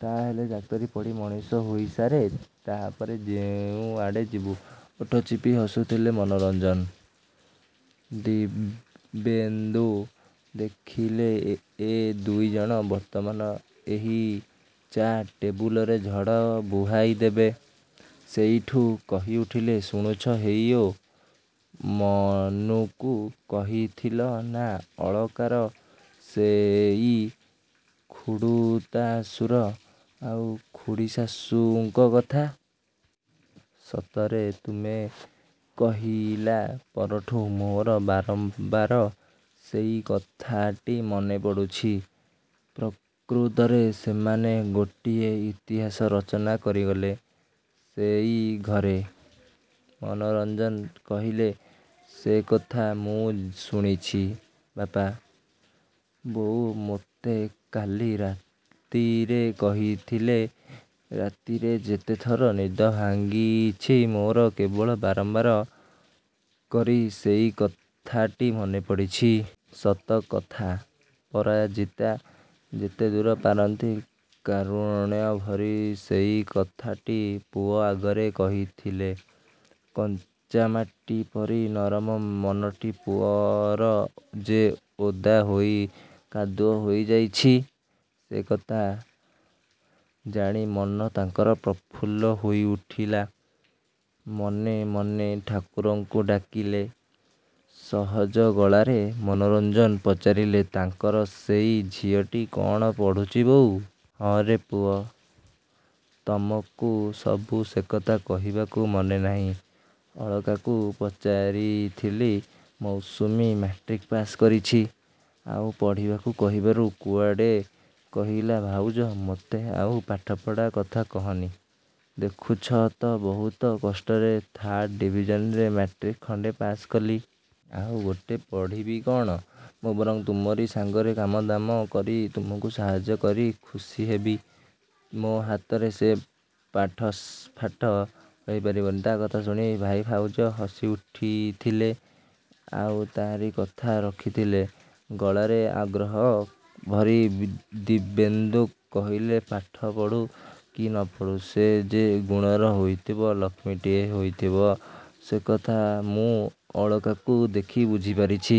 ତାହାହେଲେ ଡାକ୍ତରୀ ପଢ଼ି ମଣିଷ ହୋଇସାରେ, ତା'ପରେ ଯେଉଁଆଡ଼େ ଯିବୁ। ଓଠ ଚିପି ହସୁଥିଲେ ମନୋରଞ୍ଜନ। ଦିବ୍ୟେନ୍ଦୁ ଦେଖିଲେ ଏ ଦୁଇଜଣ ବର୍ତ୍ତମାନ ଏହି ଚା ଟେବୁଲରେ ଝଡ଼ ବୁହାଇଦେବେ। ସେଇଠୁ କହିଉଠିଲେ ଶୁଣୁଛ ହେଇଓ, ମନୁକୁ କହିଥିଲ ନା ଅଳକାର ସେଇ ଖୁଡ଼ୁତାଶୁର ଆଉ ଖୁଡ଼ୀଶାଶୂଙ୍କ କଥା? ସତରେ ତୁମେ କହିଲା ପରଠୁ ମୋର ବାରମ୍ବାର ସେଇ କଥାଟି ମନେପଡ଼ୁଛି। ପ୍ରକୃତରେ ସେମାନେ ଗୋଟିଏ ଇତିହାସ ରଚନା କରିଗଲେ ସେଇ ଘରେ। ମନୋରଞ୍ଜନ କହିଲେ ସେକଥା ମୁଁ ଶୁଣିଛି ବାପା। ବୋଉ ମୋତେ କାଲି ରାତିରେ କହିଥିଲେ। ରାତିରେ ଯେତେଥର ନିଦ ଭାଙ୍ଗିଛି ମୋର କେବଳ ବାରମ୍ବାର କରି ସେଇ କଥାଟି ମନେପଡ଼ିଛି। ସତ କଥା ଅପରାଜିତା ଯେତେଦୂର ପାରନ୍ତି କାରୁଣ୍ୟଭରି ସେଇ କଥାଟି ପୁଅ ଆଗରେ କହିଥିଲେ। କଞ୍ଚାମାଟି ପରି ନରମ ମନଟି ପୁଅର ଯେ ଓଦା ହୋଇ କାଦୁଅ ହୋଇଯାଇଛି, ସେକଥା ଜାଣି ମନ ତାଙ୍କର ପ୍ରଫୁଲ୍ଲ ହୋଇଉଠିଲା। ମନେ ମନେ ଠାକୁରଙ୍କୁ ଡାକିଲେ। ସହଜ ଗଳାରେ ମନୋରଞ୍ଜନ ପଚାରିଲେ ତାଙ୍କର ସେଇ ଝିଅଟି କ'ଣ ପଢ଼ୁଛି ବୋଉ? ହଁରେ ପୁଅ ତମକୁ ସବୁ ସେକଥା କହିବାକୁ ମନେନାହିଁ। ଅଳକାକୁ ପଚାରିଥିଲି। ମୌସୁମୀ ମାଟ୍ରିକ୍ ପାଶ୍ କରିଛି। ଆଉ ପଢ଼ିବାକୁ କହିବାରୁ କୁଆଡ଼େ କହିଲା ଭାଉଜ, ମୋତେ ଆଉ ପାଠପଢ଼ା କଥା କହନି। ଦେଖୁଛ ତ ବହୁତ କଷ୍ଟରେ ଥାର୍ଡ ଡିଭିଜନରେ ମାଟ୍ରିକ୍ ଖଣ୍ଡେ ପାଶ୍ କଲି। ଆଉ ଗୋଟେ ପଢ଼ିବି କ'ଣ? ମୁଁ ବରଂ ତୁମରି ସାଙ୍ଗରେ କାମଦାମ କରି ତୁମକୁ ସାହାଯ୍ୟ କରି ଖୁସିହେବି। ମୋ ହାତରେ ସେ ପାଠଫାଠ ହୋଇପାରିବନି। ତା'କଥା ଶୁଣି ଭାଇଭାଉଜ ହସିଉଠିଥିଲେ। ଆଉ ତାରି କଥା ରଖିଥିଲେ। ଗଳାରେ ଆଗ୍ରହ ଭରି ଦିବ୍ୟେନ୍ଦୁ କହିଲେ ପାଠ ପଢ଼ୁ, କି ନ ପଢ଼ୁ ସେ ଯେ ଗୁଣର ହୋଇଥିବ, ଲକ୍ଷ୍ମୀଟିଏ ହୋଇଥିବ, ସେକଥା ମୁଁ ଅଳକାକୁ ଦେଖି ବୁଝିପାରିଛି।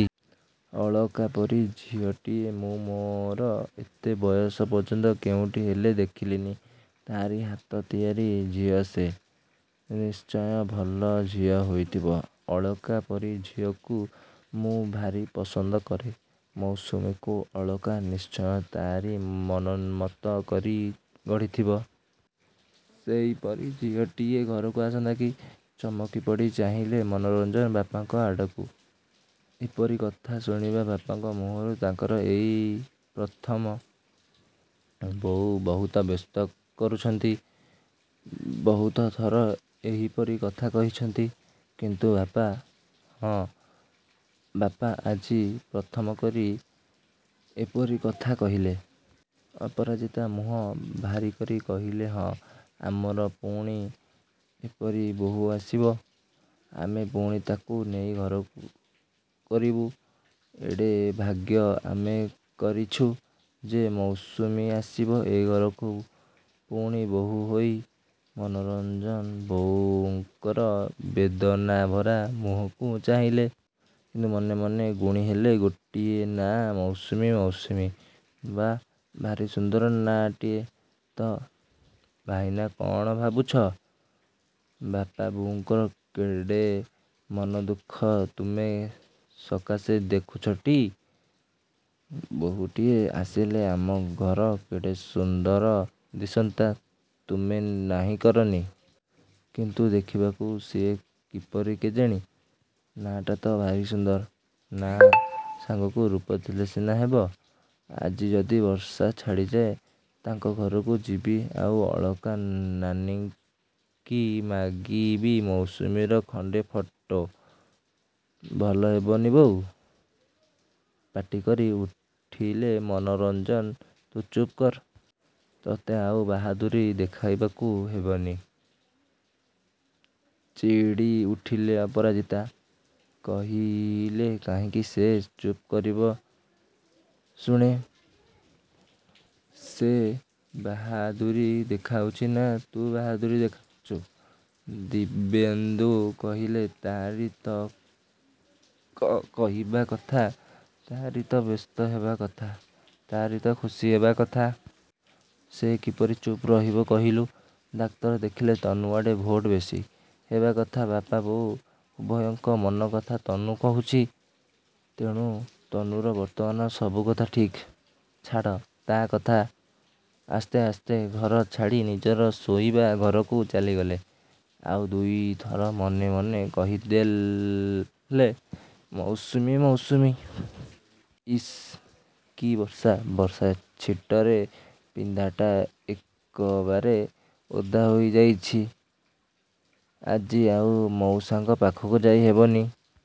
ଅଳକାପରି ଝିଅଟିଏ ମୁଁ ମୋର ଏତେ ବୟସ ପର୍ଯ୍ୟନ୍ତ କେଉଁଠି ହେଲେ ଦେଖିଲିନି। ତା'ରି ହାତ ତିଆରି ଝିଅ ସେ। ନିଶ୍ଚୟ ଭଲ ଝିଅ ହୋଇଥିବ। ଅଳକା ପରି ଝିଅକୁ ମୁଁ ଭାରି ପସନ୍ଦ କରେ। ମୌସୁମୀକୁ ଅଳକା ନିଶ୍ଚୟ ତା'ରି ମନୋମତ କରି ଗଢ଼ିଥିବ। ସେଇପରି ଝିଅଟିଏ ଘରକୁ ଆସନ୍ତା କି। ଚମକିପଡ଼ି ଚାହିଁଲେ ମନୋରଞ୍ଜନ ବାପାଙ୍କ ଆଡ଼କୁ। ଏପରି କଥା ଶୁଣିବା ବାପାଙ୍କ ମୁହଁରୁ ତାଙ୍କର ଏଇ ପ୍ରଥମ। ବୋଉ ବହୁତ ବ୍ୟସ୍ତ କରୁଛନ୍ତି। ବହୁତଥର ଏହିପରି କଥା କହିଛନ୍ତି। କିନ୍ତୁ ବାପା! ହଁ, ବାପା ଆଜି ପ୍ରଥମକରି ଏପରି କଥା କହିଲେ। ଅପରାଜିତା ମୁହଁ ଭାରିକରି କହିଲେ ହିଁ, ଆମର ପୁଣି ଏପରି ବୋହୂ ଆସିବ! ଆମେ ପୁଣି ତାକୁ ନେଇ ଘର କରିବୁ! ଏଡ଼େ ଭାଗ୍ୟ ଆମେ କରିଛୁ ଯେ, ମୌସୁମୀ ଆସିବ ଏ ଘରକୁ ପୁଣି ବୋହୂ ହୋଇ! ମନୋରଞ୍ଜନ ବୋଉଙ୍କର ବେଦନାଭରା ମୁହଁକୁ ଚାହିଁଲେ। କିନ୍ତୁ ମନେ ମନେ ଗୁଣିହେଲେ ଗୋଟିଏ ନାଆଁ ମୌସୁମୀ, ମୌସୁମୀ। ବାଃ, ଭାରି ସୁନ୍ଦର ନାଁଟିଏ ତ। ଭାଇନା, କ'ଣ ଭାବୁଛ? ବାପା ବୋଉଙ୍କର କେଡ଼େ ମନଦୁଃଖ ତୁମେ ସକାଶେ ଦେଖୁଛଟି? ବୋହୂଟିଏ ଆସିଲେ ଆମ ଘର କେଡ଼େ ସୁନ୍ଦର ଦିଶନ୍ତା, ତୁମେ ନାହିଁ କରନି। କିନ୍ତୁ ଦେଖିବାକୁ ସିଏ କିପରି କେଜାଣି। ନାଁଟା ତ ଭାରି ସୁନ୍ଦର। ନାଁ ସାଙ୍ଗକୁ ରୂପ ଥିଲେ ସିନା ହେବ। ଆଜି ଯଦି ବର୍ଷା ଛାଡ଼ିଯାଏ, ତାଙ୍କ ଘରକୁ ଯିବି ଆଉ ଅଳକା ନାନୀକି ମାଗିବି ମୌସୁମୀର ଖଣ୍ଡେ ଫଟୋ। ଭଲ ହେବନି ବୋଉ? ପାଟିକରି ଉଠିଲେ ମନୋରଞ୍ଜନ ତୁ ଚୁପ୍ କର। ତତେ ଆଉ ବାହାଦୁରି ଦେଖାଇବାକୁ ହେବନି। ଚିଡ଼ିଉଠିଲେ ଅପରାଜିତା। କହିଲେ କାହିଁକି ସେ ଚୁପ୍ କରିବ ଶୁଣେ? ସେ ବାହାଦୁରି ଦେଖାଉଛି ନା ତୁ ବାହାଦୁରି ଦେଖାଉଛୁ। ଦିବ୍ୟେନ୍ଦୁ କହିଲେ–ତାରି ତ କହିବା କଥା, ତା'ରି ତ ବ୍ୟସ୍ତ ହେବା କଥା, ତା'ରି ତ ଖୁସି ହେବା କଥା। ସେ କିପରି ଚୁପ୍ ରହିବ କହିଲୁ? ଡାକ୍ତର ଦେଖିଲେ ତନୁଆଡ଼େ ଭୋଟ ବେଶି। ହେବାକଥା ବାପାବୋଉ ଉଭୟଙ୍କ ମନକଥା ତନୁ କହୁଛି। ତେଣୁ ତନୁର ବର୍ତ୍ତମାନ ସବୁକଥା ଠିକ୍। ଛାଡ଼ ତା' କଥା। ଆସ୍ତେ ଆସ୍ତେ ଘର ଛାଡ଼ି ନିଜର ଶୋଇବା ଘରକୁ ଚାଲିଗଲେ ଆଉ ଦୁଇଥର ମନେ ମନେ କହିହେଲେ ମୌସୁମୀ, ମୌସୁମୀ। ଇସ୍ କି ବର୍ଷା! ବର୍ଷାଛିଟରେ ପିନ୍ଧାଟା ଏକବାରେ ଓଦା ହୋଇଯାଇଛି। ଆଜି ଆଉ ମଉସାଙ୍କ ପାଖକୁ ଯାଇହେବନି।